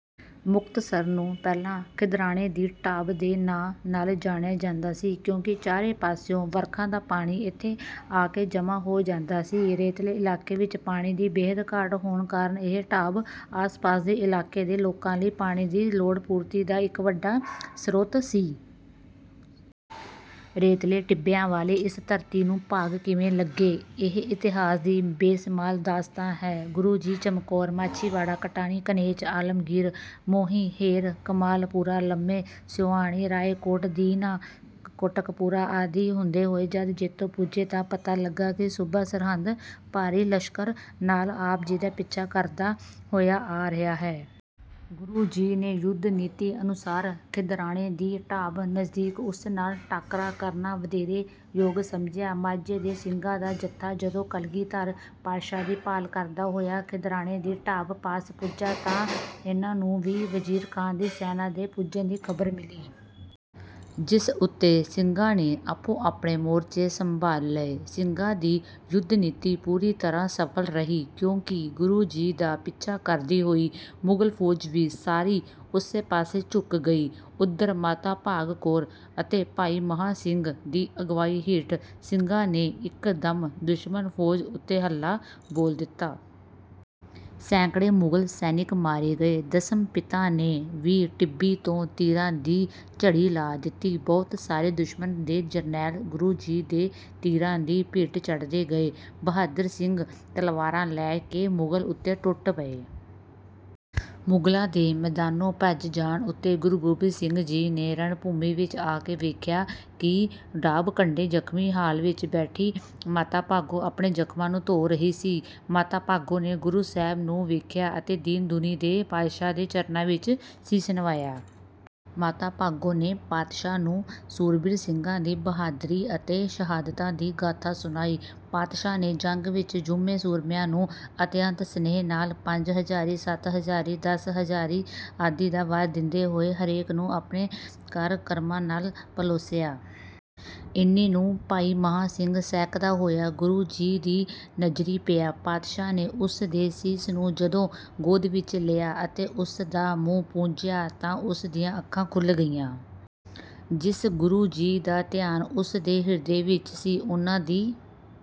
ਮੁਕਤਸਰ ਨੂੰ ਪਹਿਲਾਂ ਖਿਦਰਾਣੇ ਦੀ ਢਾਬ ਦੇ ਨਾਂ ਨਾਲ ਜਾਣਿਆ ਜਾਂਦਾ ਸੀ। ਕਿਉਂਕਿ ਚਾਰੇ ਪਾਸਿਓਂ ਵਰਖਾ ਦਾ ਪਾਣੀ ਇੱਥੇ ਆ ਕੇ ਜਮ੍ਹਾਂ ਹੋ ਜਾਂਦਾ ਸੀ। ਰੇਤਲੇ ਇਲਾਕੇ ਵਿੱਚ ਪਾਣੀ ਦੀ ਬੇਹੱਦ ਘਾਟ ਹੋਣ ਕਾਰਨ ਇਹ ਢਾਬ, ਆਸ-ਪਾਸ ਦੇ ਇਲਾਕੇ ਦੇ ਲੋਕਾਂ ਲਈ ਪਾਣੀ ਦੀ ਲੋੜ-ਪੂਰਤੀ ਦਾ ਇੱਕ ਵੱਡਾ ਸਰੋਤ ਸੀ। ਰੇਤਲੇ ਟਿੱਬਿਆਂ ਵਾਲੀ ਇਸ ਧਰਤੀ ਨੂੰ ਭਾਗ ਕਿਵੇਂ ਲੱਗੇ, ਇਹ ਇਤਿਹਾਸ ਦੀ ਬੇਮਿਸਾਲ ਦਾਸਤਾਨ ਹੈ। ਗੁਰੂ ਜੀ ਚਮਕੌਰ, ਮਾਛੀਵਾੜਾ, ਕਟਾਣੀ, ਕਨੇਚ, ਆਲਮਗੀਰ, ਮੋਹੀ, ਹੇਰ, ਕਮਾਲਪੁਰਾ, ਲੰਮੇ, ਸੀਲੋਆਣੀ, ਰਾਇਕੋਟ, ਦੀਨਾ, ਕੋਟਕਪੂਰਾ ਆਦਿ ਹੁੰਦੇ ਹੋਏ ਜਦ ਜੈਤੋ ਪੁੱਜੇ, ਤਾਂ ਪਤਾ ਲੱਗਾ ਕਿ ਸੂਬਾ ਸਰਹਿੰਦ ਭਾਰੀ ਲਾਓ-ਲਸ਼ਕਰ ਨਾਲ ਆਪ ਦਾ ਪਿੱਛਾ ਕਰਦਾ ਹੋਇਆ ਆ ਰਿਹਾ ਹੈ। ਗੁਰੂ ਜੀ ਨੇ ਯੁੱਧ ਨੀਤੀ ਅਨੁਸਾਰ ਖਿਦਰਾਣੇ ਦੀ ਢਾਬ ਨਜ਼ਦੀਕ ਉਸ ਨਾਲ ਟਾਕਰਾ ਕਰਨਾ ਵਧੇਰੇ ਯੋਗ ਸਮਝਿਆ। ਮਾਝੇ ਦੇ ਸਿੰਘਾਂ ਦਾ ਜਥਾ ਜਦੋਂ ਕਲਗੀਧਰ ਪਾਤਸ਼ਾਹ ਦੀ ਭਾਲ ਕਰਦਾ ਹੋਇਆ ਖਿਦਰਾਣੇ ਦੀ ਢਾਬ ਪਾਸ ਪੁੱਜਾ, ਤਾਂ ਇਨ੍ਹਾਂ ਨੂੰ ਵੀ ਵਜ਼ੀਰ ਖਾਨ ਦੀ ਸੈਨਾ ਦੇ ਪੁੱਜਣ ਦੀ ਖ਼ਬਰ ਮਿਲੀ। ਜਿਸ ਉੱਤੇ ਸਿੰਘਾਂ ਨੇ ਆਪੋ-ਆਪਣੇ ਮੋਰਚੇ ਸੰਭਾਲ ਲਏ। ਸਿੰਘਾਂ ਦੀ ਯੁੱਧ ਨੀਤੀ ਪੂਰੀ ਤਰ੍ਹਾਂ ਸਫਲ ਰਹੀ, ਕਿਉਂਕਿ ਗੁਰੂ ਜੀ ਦਾ ਪਿੱਛਾ ਕਰਦੀ ਹੋਈ ਮੁਗ਼ਲ ਫ਼ੌਜ ਵੀ ਸਾਰੀ ਉਸੇ ਪਾਸੇ ਝੁਕ ਗਈ। ਉੱਧਰ ਮਾਤਾ ਭਾਗ ਕੌਰ ਅਤੇ ਭਾਈ ਮਹਾਂ ਸਿੰਘ ਦੀ ਅਗਵਾਈ ਹੇਠ ਸਿੰਘਾਂ ਨੇ ਇੱਕ ਦਮ ਦੁਸ਼ਮਣ ਫ਼ੌਜ ਉੱਤੇ ਹੱਲਾ ਬੋਲ ਦਿੱਤਾ। ਸੈਂਕੜੇ ਮੁਗਲ ਸੈਨਿਕ ਮਾਰੇ ਗਏ। ਦਸਮ ਪਿਤਾ ਨੇ ਵੀ ਟਿੱਬੀ ਤੋਂ ਤੀਰਾਂ ਦੀ ਝੜੀ ਲਾ ਦਿੱਤੀ। ਬਹੁਤ ਸਾਰੇ ਦੁਸ਼ਮਣ ਦੇ ਜਰਨੈਲ ਗੁਰੂ ਜੀ ਦੇ ਤੀਰਾਂ ਦੀ ਭੇਟ ਚੜ੍ਹਦੇ ਗਏ। ਬਹਾਦਰ ਸਿੰਘ ਤਲਵਾਰਾਂ ਲੈ ਕੇ ਮੁਗ਼ਲਾਂ ਉੱਤੇ ਟੁੱਟ ਪਏ। ਮੁਗ਼ਲਾਂ ਦੇ ਮੈਦਾਨੋਂ ਭੱਜ ਜਾਣ ਉੱਤੇ ਗੁਰੂ ਗੋਬਿੰਦ ਸਿੰਘ ਜੀ ਨੇ ਰਣਭੂਮੀ ਵਿੱਚ ਆ ਕੇ ਵੇਖਿਆ, ਕਿ ਢਾਬ ਕੰਢੇ ਜ਼ਖਮੀ ਹਾਲ ਵਿੱਚ ਬੈਠੀ ਮਾਤਾ ਭਾਗੋ ਆਪਣੇ ਜ਼ਖਮਾਂ ਨੂੰ ਧੋ ਰਹੀ ਸੀ। ਮਾਤਾ ਭਾਗੋ ਨੇ ਗੁਰੂ ਸਾਹਿਬ ਨੂੰ ਵੇਖਿਆ, ਅਤੇ ਦੀਨ ਦੁਨੀ ਦੇ ਪਾਤਸ਼ਾਹ ਦੇ ਚਰਨਾਂ ਵਿੱਚ ਸੀਸ ਨਿਵਾਇਆ। ਮਾਤਾ ਭਾਗੋ ਨੇ ਪਾਤਸ਼ਾਹ ਨੂੰ ਸੂਰਬੀਰ ਸਿੰਘਾਂ ਦੀ ਬਹਾਦਰੀ ਅਤੇ ਸ਼ਹਾਦਤਾਂ ਦੀ ਗਾਥਾ ਸੁਣਾਈ। ਪਾਤਸ਼ਾਹ ਨੇ ਜੰਗ ਵਿੱਚ ਜੂਝੇ ਸੂਰਮਿਆਂ ਨੂੰ ਅਤਿਅੰਤ ਸਨੇਹ ਨਾਲ ਪੰਜ ਹਜ਼ਾਰੀ, ਸੱਤ ਹਜ਼ਾਰੀ, ਦਸ ਹਜ਼ਾਰੀ ਆਦਿ ਦਾ ਵਰ ਦਿੰਦੇ ਹੋਏ, ਹਰੇਕ ਨੂੰ ਆਪਣੇ ਕਰ ਕਮਲਾਂ ਨਾਲ ਪਲੋਸਿਆ। ਏਨੇ ਨੂੰ ਭਾਈ ਮਹਾਂ ਸਿੰਘ ਸਹਿਕਦਾ ਹੋਇਆ ਗੁਰੂ ਜੀ ਦੀ ਨਜ਼ਰੀਂ ਪਿਆ। ਪਾਤਸ਼ਾਹ ਨੇ ਉਸ ਦੇ ਸੀਸ ਨੂੰ ਜਦੋਂ ਗੋਦ ਵਿੱਚ ਲਿਆ, ਅਤੇ ਉਸ ਦਾ ਮੂੰਹ ਪੂੰਝਿਆ, ਤਾਂ ਉਸ ਦੀਆਂ ਅੱਖਾਂ ਖੁੱਲ੍ਹ ਗਈਆਂ। ਜਿਸ ਗੁਰੂ ਜੀ ਦਾ ਧਿਆਨ ਉਸ ਦੇ ਹਿਰਦੇ ਵਿੱਚ ਸੀ, ਉਨ੍ਹਾਂ ਦੀ